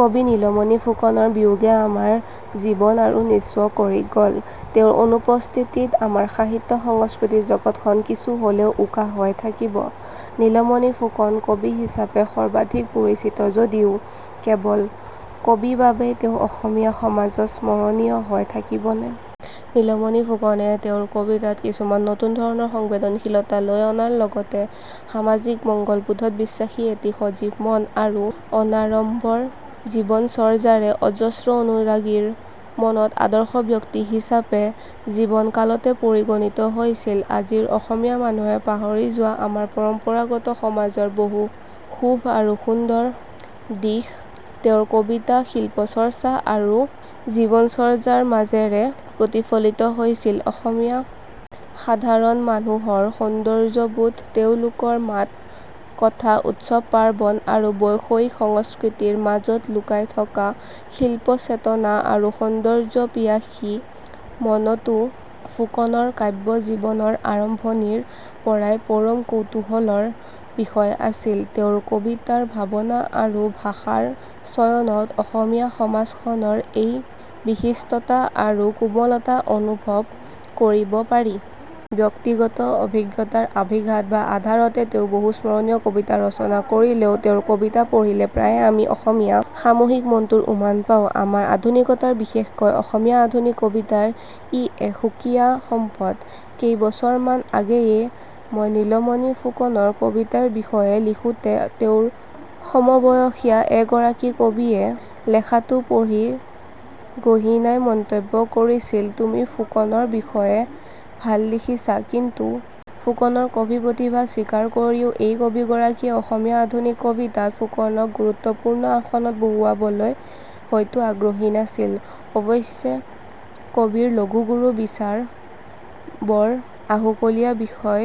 কবি নীলমণি ফুকনৰ বিয়োগে আমাৰ জীৱন আৰু নিঃস্ব কৰি গ'ল। তেওঁৰ অনুপস্থিতিত আমাৰ সাহিত্য সংস্কৃতি জগতখন কিছু হ'লেও উকা হৈ থাকিব। নীলমণি ফুকন কবি হিচাপে সৰ্বাধিক পৰিচিত যদিও কেৱল কবি বাবেই তেওঁ অসমীয়া সমাজত স্মৰণীয় হৈ থাকিবনে? নীলমণি ফুকনে তেওঁৰ কবিতাত কিছুমান নতুন ধৰণৰ সংবেদনশীলতা লৈ অনাৰ লগতে সামাজিক মংগলবোধত বিশ্বাসী এটি সজীৱ মন আৰু অনাড়ম্বৰ জীৱনচৰ্যাৰে অজস্ৰ অনুৰাগীৰ মনত আদৰ্শ ব্যক্তি হিচাপে জীৱনকালতে পৰিগণিত হৈছিল। আজিৰ অসমীয়া মানুহে পাহৰি যোৱা আমাৰ পৰম্পৰাগত সমাজৰ বহু শুভ আৰু সুন্দৰ দিশ তেওঁৰ কবিতা শিল্প চৰ্চা আৰু জীৱনচৰ্যাৰ মাজেৰে প্ৰতিফলিত হৈছিল। অসমীয়া সাধাৰণ মানুহৰ সৌন্দৰ্যবোধ তেওঁলোকৰ মাত কথা উৎসৱ-পাৰ্বন আৰু বৈষয়িক সংস্কৃতিৰ মাজত লুকাই থকা শিল্প চেতনা তথা সৌন্দৰ্য পিয়াসী মনটো ফুকনৰ কাব্য জীৱনৰ আৰম্ভণিৰ পৰাই পৰম কৌতূহলৰ বিষয় আছিল। তেওঁৰ কবিতাৰ ভাবনা আৰু ভাষাৰ চয়নত অসমীয়া সমাজখনৰ এই বিশিষ্টতা আৰু কোমলতা অনুভৱ কৰিব পাৰি। ব্যক্তিগত অভিজ্ঞতাৰ অভিঘাত বা আধাৰতে তেওঁ বহু স্মৰণীয় কবিতা ৰচনা কৰিলেও তেওঁৰ কবিতা পঢ়িলে প্ৰায়ে আমি অসমীয়া সামূহিক মনটোৰ উমান পাওঁ। আমাৰ আধুনিকতাৰ বিশেষকৈ অসমীয়া আধুনিক কবিতাৰ ই এক সুকীয়া সম্পদ। কেইবছৰমান আগেয়ে মই নীলমণি ফুকনৰ কবিতাৰ বিষয়ে লিখোঁতে তেওঁৰ সমবয়সীয়া এগৰাকী কবিয়ে লেখাটো পঢ়ি গহীনাই মন্তব্য কৰিছিল, তুমি ফুকনৰ বিষয়ে ভাল লিখিছা। কিন্তু ফুকনৰ কবি প্ৰতিভা স্বীকাৰ কৰিও এই কবিগৰাকীয়ে অসমীয়া আধুনিক কবিতাত ফুকনক গুৰুত্বপূৰ্ণ আসনত বহুৱাবলৈ হয়তো আগ্ৰহী নাছিল। অৱশ্যে কবিৰ লঘুগুৰু বিচাৰ বৰ আহুকলীয়া বিষয়।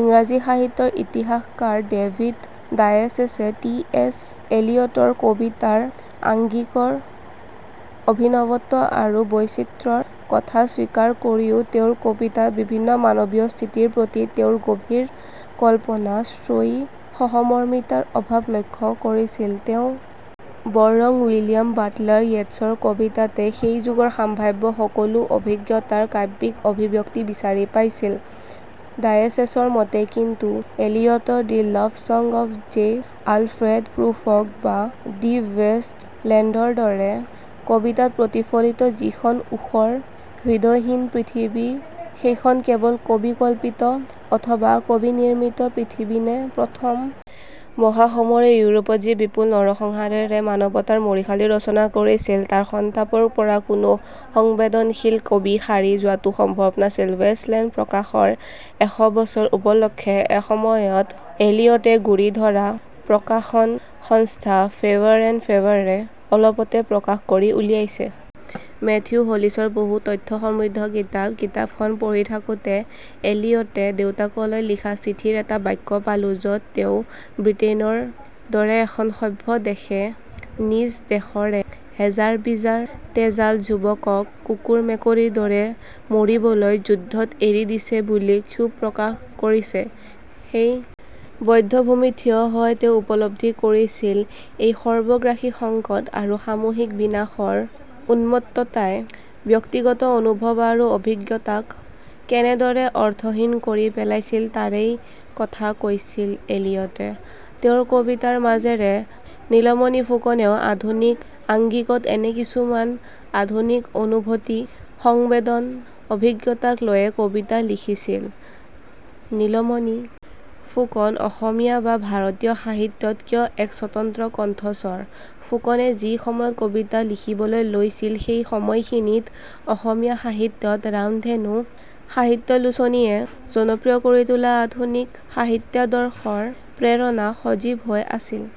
ইংৰাজী সাহিত্যৰ ইতিহাসকাৰ ডেভিড ডায়েচেছে টি এছ এলিয়টৰ কবিতাৰ আংগিকৰ অভিনৱত্ব আৰু বৈচিত্ৰ্যৰ কথা স্বীকাৰ কৰিও তেওঁৰ কবিতাত বিভিন্ন মানবীয় স্থিতিৰ প্ৰতি তেওঁৰ গভীৰ কল্পনা শ্ৰয়ী সহমৰ্মিতাৰ অভাৱ লক্ষ্য কৰিছিল। তেওঁ বৰং উইলিয়াম বাটলাৰ ইয়েটছৰ কবিতাতে সেই যুগৰ সম্ভাব্য সকলো অভিজ্ঞতাৰ কাব্যিক অভিব্যক্তি বিচাৰি পাইছিল। ডায়েচেছৰ মতে কিন্তু এলিয়টৰ the love song of J Alfred Prufrock বা দ্য ৱেষ্ট লেণ্ডৰদৰে কবিতাত প্ৰতিফলিত যিখন ঊষৰ হৃদয়হীন পৃথিৱী সেইখন কেৱল কবি কল্পিত অথবা কবি নিৰ্মিত পৃথিৱীনে ।প্ৰথম মহাসমৰে ইউৰোপত যি বিপুল নৰসংহাৰেৰে মানবতাৰ মৰিশালী ৰচনা কৰিছিল ,তাৰ সন্তাপৰ পৰা কোনো সংবেদনশীল কবি সাৰি যোৱাটো সম্ভৱ নাছিল। ৱেষ্ট লেণ্ড প্ৰকাশৰ এশবছৰ উপলক্ষে এসময়ত এলিয়টে গুৰি ধৰা প্ৰকাশন সংস্থা ফেবাৰ এণ্ড ফেবাৰে অলপতে প্ৰকাশ কৰি উলিয়াইছে। মেথিউ হলিছৰ বহু তথ্য সমৃদ্ধ কিতাপ কিতাপখন পঢ়ি থাকোঁতে এলিয়টে দেউতাকলৈ লিখা চিঠিৰ এটা বাক্য পালোঁ, য'ত তেওঁ বৃটেইনৰ দৰে এখন সভ্য দেশে নিজ দেশৰে হেজাৰ-বিজাৰ তেজাল যুৱকক কুকুৰ-মেকুৰীৰ দৰে মৰিবলৈ যুদ্ধত এৰি দিছে বুলি ক্ষোভ প্ৰকাশ কৰিছে। সেই বধ্যভূমিত থিয় হৈ তেওঁ উপলব্ধি কৰিছিল, এই সৰ্বগ্ৰাসী সংকট আৰু সামূহিক বিনাশৰ উন্মত্ততাই ব্যক্তিগত অনুভৱ আৰু অভিজ্ঞতাক কেনেদৰে অৰ্থহীন কৰি পেলাইছিল তাৰেই কথা কৈছিল এলিয়টে ।তেওঁৰ কবিতাৰ মাজেৰে নীলমণি ফুকনেও আধুনিক আংগিকত এনে কিছুমান আধুনিক অনুভতি সংবেদন অভিজ্ঞতাক লৈয়ে কবিতা লিখিছিল। নীলমণি ফুকন অসমীয়া বা ভাৰতীয় সাহিত্যত কিয় এক স্বতন্ত্ৰ কন্ঠস্বৰ ?ফুকনে যি সময়ত কবিতা লিখিবলৈ লৈছিল সেই সময়খিনিত অসমীয়া সাহিত্যত ৰামধেনু সাহিত্যালোচনীয়ে জনপ্ৰিয় কৰি তোলা আধুনিক সাহিত্যাদৰ্শৰ প্ৰেৰণা সজীৱ হৈ আছিল।